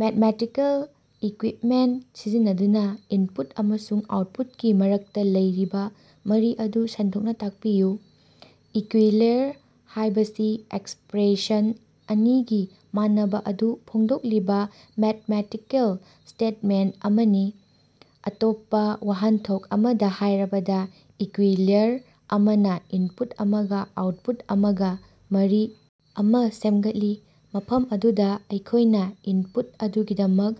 Mathematical equipment ꯁꯤꯖꯤꯟꯅꯗꯨꯅꯥ input ꯑꯃꯁꯨꯡ ꯑꯥꯎꯠꯄꯨꯠꯀꯤ ꯃꯔꯛꯇꯥ ꯂꯩꯔꯤꯕꯥ ꯃꯔꯤ ꯑꯗꯨ ꯁꯟꯗꯣꯛꯅꯥ ꯇꯥꯛꯄꯤꯌꯨ꯫ ꯏꯀ꯭ꯌꯨꯏꯂꯔ ꯍꯥꯏꯕꯁꯤ ꯑꯦꯛꯁꯄ꯭ꯔꯦꯁꯟ ꯑꯅꯤꯒꯤ ꯃꯥꯟꯅꯕꯥ ꯑꯗꯨ ꯐꯣꯡꯗꯣꯛꯂꯤꯕꯥ ꯃꯦꯠꯃꯦꯇꯤꯀꯦꯜ ꯁ꯭ꯇꯦꯠꯃꯦꯟꯇ ꯑꯃꯅꯤ꯫ ꯑꯇꯣꯞꯄꯥ ꯋꯥꯍꯟꯊꯣꯛ ꯑꯃꯗꯥ ꯍꯥꯏꯔꯕꯗꯥ, ꯏꯀ꯭ꯌꯨꯏꯂꯔ ꯑꯃꯅꯥ ꯏꯟꯄꯨꯠ ꯑꯃꯒꯥ ꯑꯥꯎꯠꯄꯨꯠ ꯑꯃꯒꯥ ꯃꯔꯤ ꯑꯃꯥ ꯁꯦꯝꯒꯠꯂꯤ, ꯃꯐꯝ ꯑꯗꯨꯗꯥ ꯑꯩꯈꯣꯏꯅꯥ ꯏꯟꯄꯨꯠ ꯑꯗꯨꯒꯤꯗꯃꯛ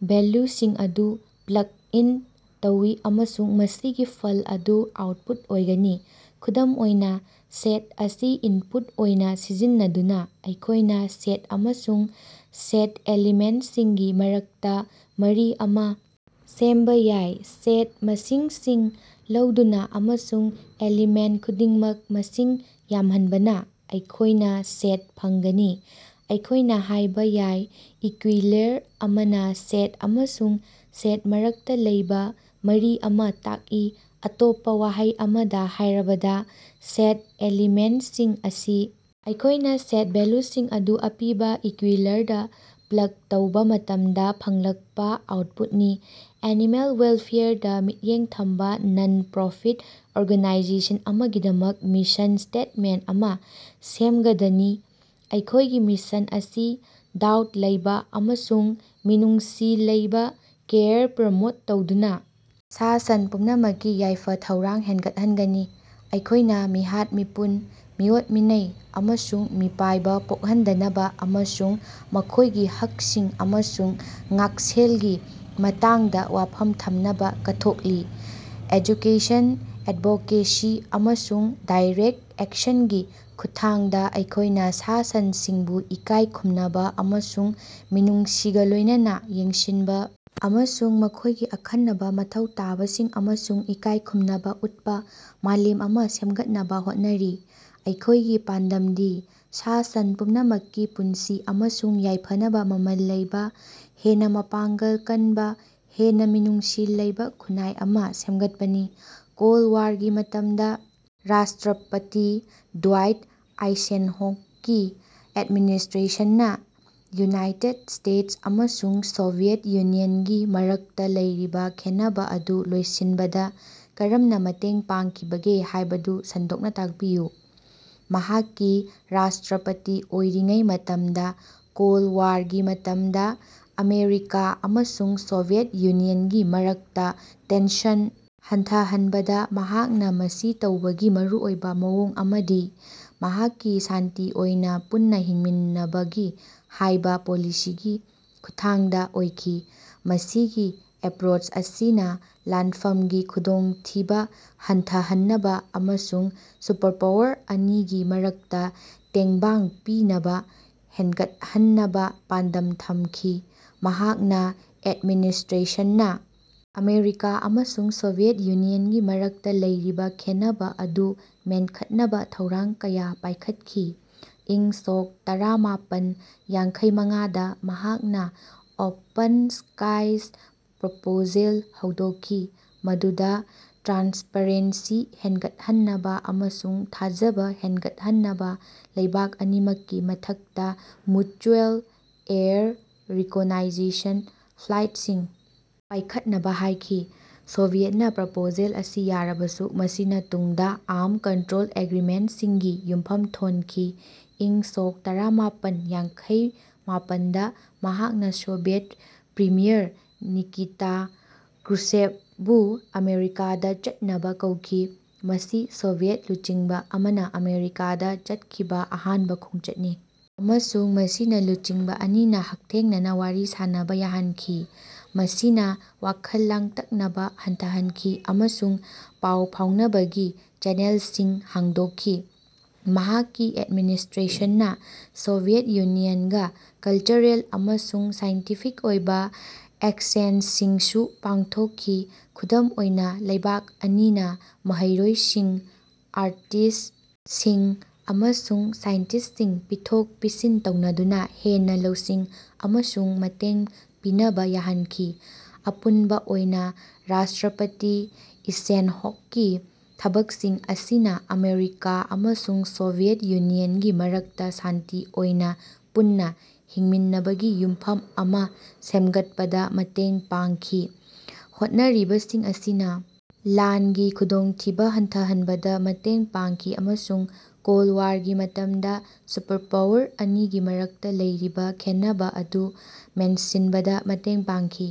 ꯚꯦꯜꯂꯨꯁꯤꯡ ꯑꯗꯨ ꯄ꯭ꯂꯛ ꯏꯟ ꯇꯧꯏ ꯑꯃꯁꯨꯡ ꯃꯁꯤꯒꯤ ꯐꯜ ꯑꯗꯨ ꯑꯥꯎꯠꯄꯨꯠ ꯑꯣꯏꯒꯅꯤ꯫ ꯈꯨꯗꯝ ꯑꯣꯏꯅꯥ, ꯁꯦꯠ ꯑꯁꯤ ꯏꯟꯄꯨꯠ ꯑꯣꯏꯅꯥ ꯁꯤꯖꯤꯟꯅꯗꯨꯅꯥ ꯑꯩꯈꯣꯏꯅꯥ ꯁꯦꯠ ꯑꯃꯁꯨꯡ ꯁꯦꯠ ꯑꯦꯂꯤꯃꯦꯟꯇꯁꯤꯡꯒꯤ ꯃꯔꯛꯇꯥ ꯃꯔꯤ ꯑꯃꯥ ꯁꯦꯝꯕꯥ ꯌꯥꯏ, ꯁꯦꯠ ꯃꯁꯤꯡꯁꯤꯡ ꯂꯧꯗꯨꯅꯥ ꯑꯃꯁꯨꯡ ꯑꯦꯂꯤꯃꯦꯟ ꯈꯨꯗꯤꯡꯃꯛ ꯃꯁꯤꯡ ꯌꯥꯝꯍꯟꯕꯅꯥ ꯑꯩꯈꯣꯏꯅꯥ ꯁꯦꯠ ꯐꯪꯒꯅꯤ꯫ ꯑꯩꯈꯣꯏꯅꯥ ꯍꯥꯏꯕ ꯌꯥꯏ ꯏꯀ꯭ꯌꯨꯏꯂꯔ ꯑꯃꯥꯅ ꯁꯦꯠ ꯑꯃꯁꯨꯡ ꯁꯦꯠ ꯃꯔꯛꯇꯥ ꯂꯩꯕꯥ ꯃꯔꯤ ꯑꯃꯥ ꯇꯥꯛꯏ, ꯑꯇꯣꯞꯄꯥ ꯋꯥꯍꯩ ꯑꯃꯗꯥ ꯍꯥꯏꯔꯕꯗꯥ, ꯁꯦꯠ ꯑꯦꯂꯤꯃꯦꯟꯁꯤꯡ ꯑꯁꯤ ꯑꯩꯈꯣꯏꯅꯥ ꯁꯦꯠ ꯚꯦꯜꯂꯨꯁꯤꯡ ꯑꯗꯨ ꯑꯄꯤꯕꯥ ꯏꯀ꯭ꯌꯨꯏꯂꯔꯗꯥ ꯄ꯭ꯂꯒ ꯇꯧꯕꯥ ꯃꯇꯝꯗꯥ ꯐꯪꯂꯛꯄꯥ ꯑꯥꯎꯠꯄꯨꯠꯅꯤ꯫ ꯑꯦꯅꯤꯃꯦꯜ ꯋꯦꯜꯐꯦꯌꯔꯗꯥ ꯃꯤꯠꯌꯦꯡ ꯊꯝꯕꯥ ꯅꯟ-ꯄ꯭ꯔꯣꯐꯤꯠ ꯑꯣꯔꯒꯥꯅꯥꯏꯖꯦꯁꯟ ꯑꯃꯒꯤꯗꯃꯛ ꯃꯤꯁꯟ ꯁ꯭ꯇꯦꯠꯃꯦꯟꯇ ꯑꯃꯥ ꯁꯦꯝꯒꯗꯅꯤ꯫ ꯑꯩꯈꯣꯏꯒꯤ ꯃꯤꯁꯟ ꯑꯁꯤ ꯗꯥꯎꯠ ꯂꯩꯕꯥ ꯑꯃꯁꯨꯡ ꯃꯤꯅꯨꯡꯁꯤ ꯂꯩꯕꯥ ꯀꯦꯌꯔ ꯄ꯭ꯔꯃꯣꯠ ꯇꯧꯗꯨꯅꯥ ꯁꯥ-ꯁꯟ ꯄꯨꯝꯅꯃꯛꯀꯤ ꯌꯥꯏꯐ-ꯊꯧꯔꯥꯡ ꯍꯦꯟꯒꯠꯍꯟꯒꯅꯤ꯫ ꯑꯩꯈꯣꯏꯅꯥ ꯃꯤꯍꯥꯠ-ꯃꯤꯄꯨꯟ, ꯃꯤꯑꯣꯠ-ꯃꯤꯅꯩ, ꯑꯃꯁꯨꯡ ꯃꯤꯄꯥꯏꯕꯥ ꯄꯣꯛꯍꯟꯗꯅꯕꯥ ꯑꯃꯁꯨꯡ ꯃꯈꯣꯏꯒꯤ ꯍꯛꯁꯤꯡ ꯑꯃꯁꯨꯡ ꯉꯥꯛꯁꯦꯜꯒꯤ ꯃꯇꯥꯡꯗꯥ ꯋꯥꯐꯝ ꯊꯝꯅꯕꯥ ꯀꯠꯊꯣꯛꯂꯤ꯫ ꯑꯦꯖꯨꯀꯦꯁꯟ, ꯑꯦꯠꯚꯣꯀꯦꯁꯤ ꯑꯃꯁꯨꯡ ꯗꯥꯏꯔꯦꯛ ꯑꯦꯛꯁꯟꯒꯤ ꯈꯨꯠꯊꯥꯡꯗꯥ ꯑꯩꯈꯣꯏꯅꯥ ꯁꯥ-ꯁꯟꯁꯤꯡꯕꯨ ꯏꯀꯥꯏ ꯈꯨꯝꯅꯕꯥ ꯑꯃꯁꯨꯡ ꯃꯤꯅꯨꯡꯁꯤꯒꯥ ꯂꯣꯏꯅꯅꯥ ꯌꯦꯡꯁꯤꯟꯕꯥ ꯑꯃꯁꯨꯡ ꯃꯈꯣꯏꯒꯤ ꯑꯈꯟꯅꯕꯥ ꯃꯊꯧ ꯇꯥꯕꯁꯤꯡ ꯑꯃꯁꯨꯡ ꯏꯀꯥꯏꯈꯨꯝꯅꯕꯥ ꯎꯠꯄꯥ ꯃꯥꯂꯦꯝ ꯑꯃꯥ ꯁꯦꯝꯒꯠꯅꯕꯥ ꯍꯣꯠꯅꯔꯤ꯫ ꯑꯩꯈꯣꯏꯒꯤ ꯄꯥꯟꯗꯝꯗꯤ ꯁꯥ-ꯁꯟ ꯄꯨꯝꯅꯃꯛꯀꯤ ꯄꯨꯟꯁꯤ ꯑꯃꯁꯨꯡ ꯌꯥꯏꯐꯅꯕꯥ ꯃꯃꯜ ꯂꯩꯕꯥ ꯍꯦꯟꯅꯥ ꯃꯄꯥꯡꯒꯜ ꯀꯟꯕꯥ, ꯍꯦꯟꯅꯥ ꯃꯤꯅꯨꯡꯁꯤ ꯂꯩꯕꯥ ꯈꯨꯟꯅꯥꯏ ꯑꯃꯥ ꯁꯦꯝꯒꯠꯄꯅꯤ꯫ ꯀꯣꯜꯗ ꯋꯥꯔꯒꯤ ꯃꯇꯝꯗꯥ ꯔꯥꯁꯇ꯭ꯔꯄꯇꯤ ꯗ꯭ꯋꯥꯏꯠ ꯑꯥꯏꯁꯦꯟꯍꯣꯛꯀꯤ ꯑꯦꯠꯃꯤꯅꯤꯁꯇ꯭ꯔꯦꯁꯟꯅꯥ ꯌꯨꯅꯥꯏꯇꯦꯠ ꯁ꯭ꯇꯦꯠꯁ ꯑꯃꯁꯨꯡ ꯁꯣꯚꯤꯌꯦꯠ ꯌꯨꯅꯤꯌꯟꯒꯤ ꯃꯔꯛꯇꯥ ꯂꯩꯔꯤꯕꯥ ꯈꯦꯟꯅꯕꯥ ꯑꯗꯨ ꯂꯣꯏꯁꯤꯟꯕꯗꯥ ꯀꯔꯝꯅꯥ ꯃꯇꯦꯡ ꯄꯥꯡꯈꯤꯕꯒꯦ ꯍꯥꯏꯕꯗꯨ ꯁꯟꯗꯣꯛꯅꯥ ꯇꯥꯛꯄꯤꯌꯨ꯫ ꯃꯍꯥꯛꯀꯤ ꯔꯥꯁꯇ꯭ꯔꯄꯇꯤ ꯑꯣꯏꯔꯤꯉꯩ ꯃꯇꯝꯗꯥ ꯀꯣꯜ ꯋꯥꯔꯒꯤ ꯃꯇꯝꯗꯥ ꯑꯃꯦꯔꯤꯀꯥ ꯑꯃꯁꯨꯡ ꯁꯣꯚꯤꯌꯦꯠ ꯌꯨꯅꯤꯌꯟꯒꯤ ꯃꯔꯛꯇꯥ ꯇꯦꯟꯁꯟ ꯍꯟꯊꯍꯟꯕꯗꯥ ꯃꯍꯥꯛꯅꯥ ꯃꯁꯤ ꯇꯧꯕꯒꯤ ꯃꯔꯨꯑꯣꯏꯕꯥ ꯃꯑꯣꯡ ꯑꯃꯗꯤ ꯃꯍꯥꯛꯀꯤ ꯁꯥꯟꯇꯤ ꯑꯣꯏꯅꯥ ꯄꯨꯟꯅꯥ ꯍꯤꯡꯃꯤꯟꯅꯕꯒꯤ ꯍꯥꯏꯕ ꯄꯣꯂꯤꯁꯤꯒꯤ ꯈꯨꯠꯊꯥꯡꯗꯥ ꯑꯣꯏꯈꯤ꯫ ꯃꯁꯤꯒꯤ ꯑꯦꯄ꯭ꯔꯣꯆ ꯑꯁꯤꯅꯥ ꯂꯥꯟꯐꯝꯒꯤ ꯈꯨꯗꯣꯡꯊꯤꯕꯥ ꯍꯟꯊꯍꯟꯅꯕꯥ ꯑꯃꯁꯨꯡ ꯁꯨꯄꯔꯄꯥꯋꯔ ꯑꯅꯤꯒꯤ ꯃꯔꯛꯇꯥ ꯇꯦꯡꯕꯥꯡ ꯄꯤꯅꯕꯥ ꯍꯦꯟꯒꯠꯍꯟꯅꯕꯥ ꯄꯥꯟꯗꯝ ꯊꯝꯈꯤ꯫ ꯃꯍꯥꯛꯅ ꯑꯦꯠꯃꯤꯅꯤꯁꯇ꯭ꯔꯦꯁꯟꯅꯥ ꯑꯃꯦꯔꯤꯀꯥ ꯑꯃꯁꯨꯡ ꯁꯣꯚꯤꯌꯦꯠ ꯌꯨꯅꯤꯌꯟꯒꯤ ꯃꯔꯛꯇꯥ ꯂꯩꯔꯤꯕꯥ ꯈꯦꯟꯅꯕꯥ ꯑꯗꯨ ꯃꯦꯟꯈꯠꯅꯕꯥ ꯊꯧꯔꯥꯡ ꯀꯌꯥ ꯄꯥꯏꯈꯠꯈꯤ꯫ꯏꯪ ꯁꯣꯛ ꯇꯔꯥꯃꯥꯄꯟ ꯌꯥꯡꯈꯩꯃꯉꯥꯗ ꯃꯍꯥꯛꯅꯥ ꯑꯣꯄꯟ ꯁ꯭ꯀꯥꯏꯁ ꯄ꯭ꯔꯄꯣꯖꯦꯜ ꯍꯧꯗꯣꯛꯈꯤ, ꯃꯗꯨꯗꯥ ꯇ꯭ꯔꯥꯟꯁꯄꯔꯦꯟꯁꯤ ꯍꯦꯟꯒꯠꯍꯟꯅꯕꯥ ꯑꯃꯁꯨꯡ ꯊꯥꯖꯕꯥ ꯍꯦꯟꯒꯠꯍꯟꯅꯕꯥ ꯂꯩꯕꯥꯛ ꯑꯅꯤꯃꯛꯀꯤ ꯃꯊꯛꯇꯥ ꯃ꯭ꯌꯨꯆꯨꯑꯦꯜ ꯑꯦꯌꯔ ꯔꯤꯀꯣꯅꯥꯏꯖꯦꯁꯟ ꯐ꯭ꯂꯥꯏꯠꯁꯤꯡ ꯄꯥꯏꯈꯠꯅꯕꯥ ꯍꯥꯏꯈꯤ꯫ ꯁꯣꯚꯤꯌꯦꯠꯅꯥ ꯄ꯭ꯔꯄꯣꯖꯦꯜ ꯑꯁꯤ ꯌꯥꯔꯕꯁꯨ, ꯃꯁꯤꯅꯥ ꯇꯨꯡꯗꯥ ꯑꯥꯔꯝ ꯀꯟꯇ꯭ꯔꯣꯜ ꯑꯦꯒ꯭ꯔꯤꯃꯦꯟꯇꯁꯤꯡꯒꯤ ꯌꯨꯝꯐꯝ ꯊꯣꯟꯈꯤ꯫ ꯏꯪ ꯁꯣꯛ ꯇꯔꯥꯃꯄꯟ ꯌꯥꯡꯈꯩꯃꯄꯟꯗꯥ ꯃꯍꯥꯛꯅ ꯁꯣꯚꯤꯌꯦꯠ ꯄ꯭ꯔꯤꯃꯤꯌꯔ ꯅꯤꯀꯤꯇꯥ ꯀ꯭ꯔꯨꯁꯦꯚꯕꯨ ꯑꯃꯦꯔꯤꯀꯥꯗꯥ ꯆꯠꯅꯕꯥ ꯀꯧꯈꯤ꯫ ꯃꯁꯤ ꯁꯣꯚꯤꯌꯦꯠ ꯂꯨꯆꯤꯡꯕꯥ ꯑꯃꯅꯥ ꯑꯃꯦꯔꯤꯀꯥꯗ ꯆꯠꯈꯤꯕꯥ ꯑꯍꯥꯟꯕꯥ ꯈꯣꯡꯆꯠꯅꯤ ꯑꯃꯁꯨꯡ ꯃꯁꯤꯅꯥ ꯂꯨꯆꯤꯡꯕꯥ ꯑꯅꯤꯅꯥ ꯍꯛꯊꯦꯡꯅꯅꯥ ꯋꯥꯔꯤ ꯁꯥꯅꯕꯥ ꯌꯥꯍꯟꯈꯤ, ꯃꯁꯤꯅꯥ ꯋꯥꯈꯜ ꯂꯥꯡꯇꯛꯅꯕꯥ ꯍꯟꯊꯍꯟꯈꯤ ꯑꯃꯁꯨꯡ ꯄꯥꯎ ꯐꯥꯎꯅꯕꯒꯤ ꯆꯦꯅꯦꯜꯁꯤꯡ ꯍꯥꯡꯗꯣꯛꯈꯤ꯫ ꯃꯍꯥꯛꯀꯤ ꯑꯦꯗꯃꯤꯅꯤꯁꯇ꯭ꯔꯦꯁꯟꯅꯥ ꯁꯣꯚꯤꯌꯦꯠ ꯌꯨꯅꯤꯌꯟꯒꯥ ꯀꯜꯆꯔꯦꯜ ꯑꯃꯁꯨꯡ ꯁꯥꯏꯟꯇꯤꯐꯤꯛ ꯑꯣꯏꯕꯥ ꯑꯦꯛꯁꯆꯦꯟꯖꯁꯤꯡꯁꯨ ꯄꯥꯡꯊꯣꯛꯈꯤ꯫ ꯈꯨꯗꯝ ꯑꯣꯏꯅꯥ, ꯂꯩꯕꯥꯛ ꯑꯅꯤꯅꯥ ꯃꯍꯩꯔꯣꯏꯁꯤꯡ, ꯑꯥꯔꯇꯤꯁ ꯁꯤꯡ ꯑꯃꯁꯨꯡ ꯁꯥꯏꯟꯇꯤꯁꯁꯤꯡ ꯄꯤꯊꯣꯛ-ꯄꯤꯁꯤꯟ ꯇꯧꯅꯗꯨꯅꯥ ꯍꯦꯟꯅꯥ ꯂꯧꯁꯤꯡ ꯑꯃꯁꯨꯡ ꯃꯇꯦꯡ ꯄꯤꯅꯕꯥ ꯌꯥꯍꯟꯈꯤ꯫ ꯑꯄꯨꯟꯕꯥ ꯑꯣꯏꯅꯥ ꯔꯥꯁꯇ꯭ꯔꯄꯇꯤ ꯏꯁꯦꯟꯍꯣꯛꯀꯤ ꯊꯕꯛꯁꯤꯡ ꯑꯁꯤꯅꯥ ꯑꯃꯦꯔꯤꯀꯥ ꯑꯃꯁꯨꯡ ꯁꯣꯚꯤꯌꯦꯠ ꯌꯨꯅꯤꯌꯟꯒꯤ ꯃꯔꯛꯇꯥ ꯁꯥꯟꯇꯤ ꯑꯣꯏꯅꯥ ꯄꯨꯟꯅꯥ ꯍꯤꯡꯃꯤꯟꯅꯕꯒꯤ ꯌꯨꯝꯐꯝ ꯑꯃꯥ ꯁꯦꯝꯒꯠꯄꯗꯥ ꯃꯇꯦꯡ ꯄꯥꯡꯈꯤ꯫ ꯍꯣꯠꯅꯔꯤꯕꯁꯤꯡ ꯑꯁꯤꯅꯥ ꯂꯥꯟꯒꯤ ꯈꯨꯗꯣꯡꯊꯤꯕꯥ ꯍꯟꯊꯍꯟꯕꯗꯥ ꯃꯇꯦꯡ ꯄꯥꯡꯈꯤ ꯑꯃꯁꯨꯡ ꯀꯣꯜꯗ ꯋꯥꯔꯒꯤ ꯃꯇꯝꯗꯥ ꯁꯨꯄꯔꯄꯥꯋꯔ ꯑꯅꯤꯒꯤ ꯃꯔꯛꯇꯥ ꯂꯩꯔꯤꯕꯥ ꯈꯦꯟꯅꯕꯥ ꯑꯗꯨ ꯃꯦꯟꯁꯤꯟꯕꯗꯥ ꯃꯇꯦꯡ ꯄꯥꯡꯈꯤ꯫